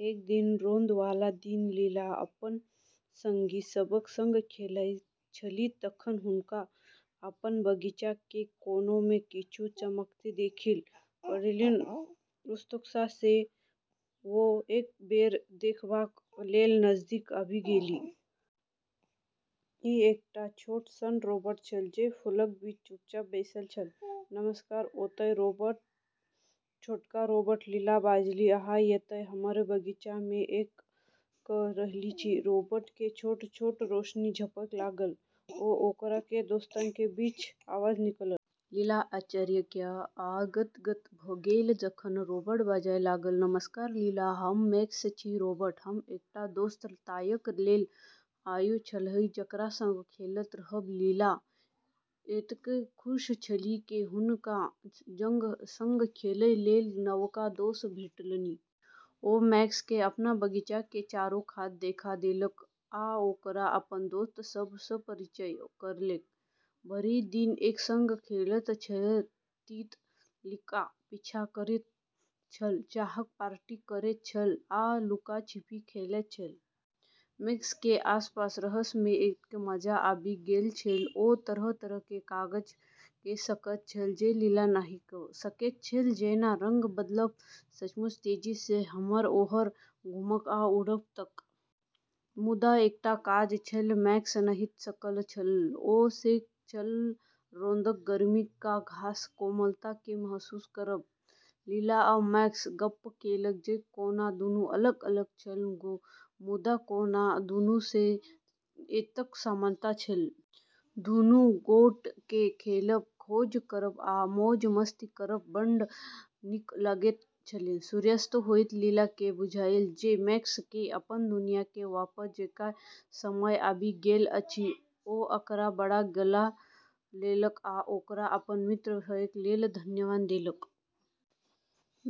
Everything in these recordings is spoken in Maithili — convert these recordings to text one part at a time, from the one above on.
एक दिन रौद वाला दिन लीला अपन संगी सभक संग खेलाइत छली तखन हुनका अपन बगीचा के कोना मे किछु चमकैत देखाइ पड़लनि। उत्सुकता सँ ओ एक बेर देखबाक लेल नजदीक आबि गेली। ई एकटा छोट सन रोबोट छल, जे फूलक बीच चुपचाप बैसल छल। "नमस्कार ओतय, छोटका रोबोट" लीला बाजली। "अहाँ एतय हमर बगीचा मे की क' रहल छी?" रोबोट के छोट-छोट रोशनी झपकय लागल, आ ओकरा सँ दोस्ताना बीप के आवाज निकलल। लीला आश्चर्यचकित आ गदगद भ' गेल जखन रोबोट बाजय लागल। "नमस्कार लीला, हम मैक्स छी, रोबोट। हम एकटा दोस्त ताकय लेल आयल छलहुँ, जकरा संग खेलैत रहब।" लीला एतेक खुश छली जे हुनका संग खेलय लेल नवका दोस्त भेटलनि। ओ मैक्स केँ अपन बगीचा के चारू कात देखा देलक, आ ओकरा अपन दोस्त सभ सँ परिचय करौलक। भरि दिन एक संग खेलैत छल, तितलीक पीछा करैत छल, चाहक पार्टी करैत छल, आ लुका-छिपी खेलैत छल। मैक्स के आसपास रहय मे एतेक मजा आबि गेल छल। ओ तरह-तरह के काज क' सकैत छल जे लीला नहि क' सकैत छल, जेना रंग बदलब, सचमुच तेजी सँ एम्हर-ओम्हर घुमब, आ उड़ब तक। मुदा एकटा काज छल जे मैक्स नहि क' सकल छल, आ से छल रौदक गर्मी वा घासक कोमलता केँ महसूस करब। लीला आ मैक्स गप्प केलक जे कोना दुनू अलग-अलग छल, मुदा कोना दुनू मे सेहो एतेक समानता छल। दुनू गोटे केँ खेलब, खोज करब, आ मौज-मस्ती करब बड्ड नीक लगैत छलनि। सूर्यास्त होइते लीला केँ बुझायल जे मैक्स केँ अपन दुनिया मे वापस जेबाक समय आबि गेल अछि। ओ ओकरा बड़का गला लगा लेलक आ ओकरा अपन मित्र हेबाक लेल धन्यवाद देलक।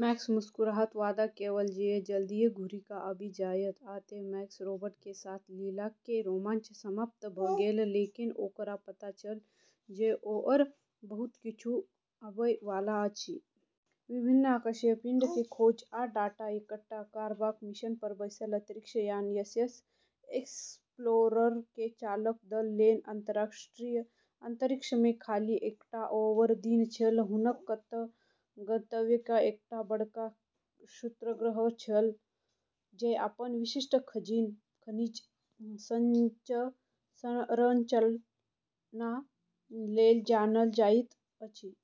मैक्स मुस्कुराइत वादा केलक जे जल्दिये घुरि क' आबि जायत। आ तें, मैक्स रोबोट के साथ लीला के रोमांच समाप्त भ' गेल, लेकिन ओकरा पता छल जे आओर बहुत किछु आबय वाला अछि। विभिन्न आकाशीय पिंड के खोज आ डाटा इकट्ठा करबाक मिशन पर बैसल अंतरिक्ष यान एसएस एक्सप्लोरर के चालक दल लेल अंतरिक्ष मे ई खाली एकटा आओर दिन छल। हुनक गंतव्य ई बार एकटा बड़का क्षुद्रग्रह छल, जे अपन विशिष्ट खनिज संरचना लेल जानल जाइत अछि।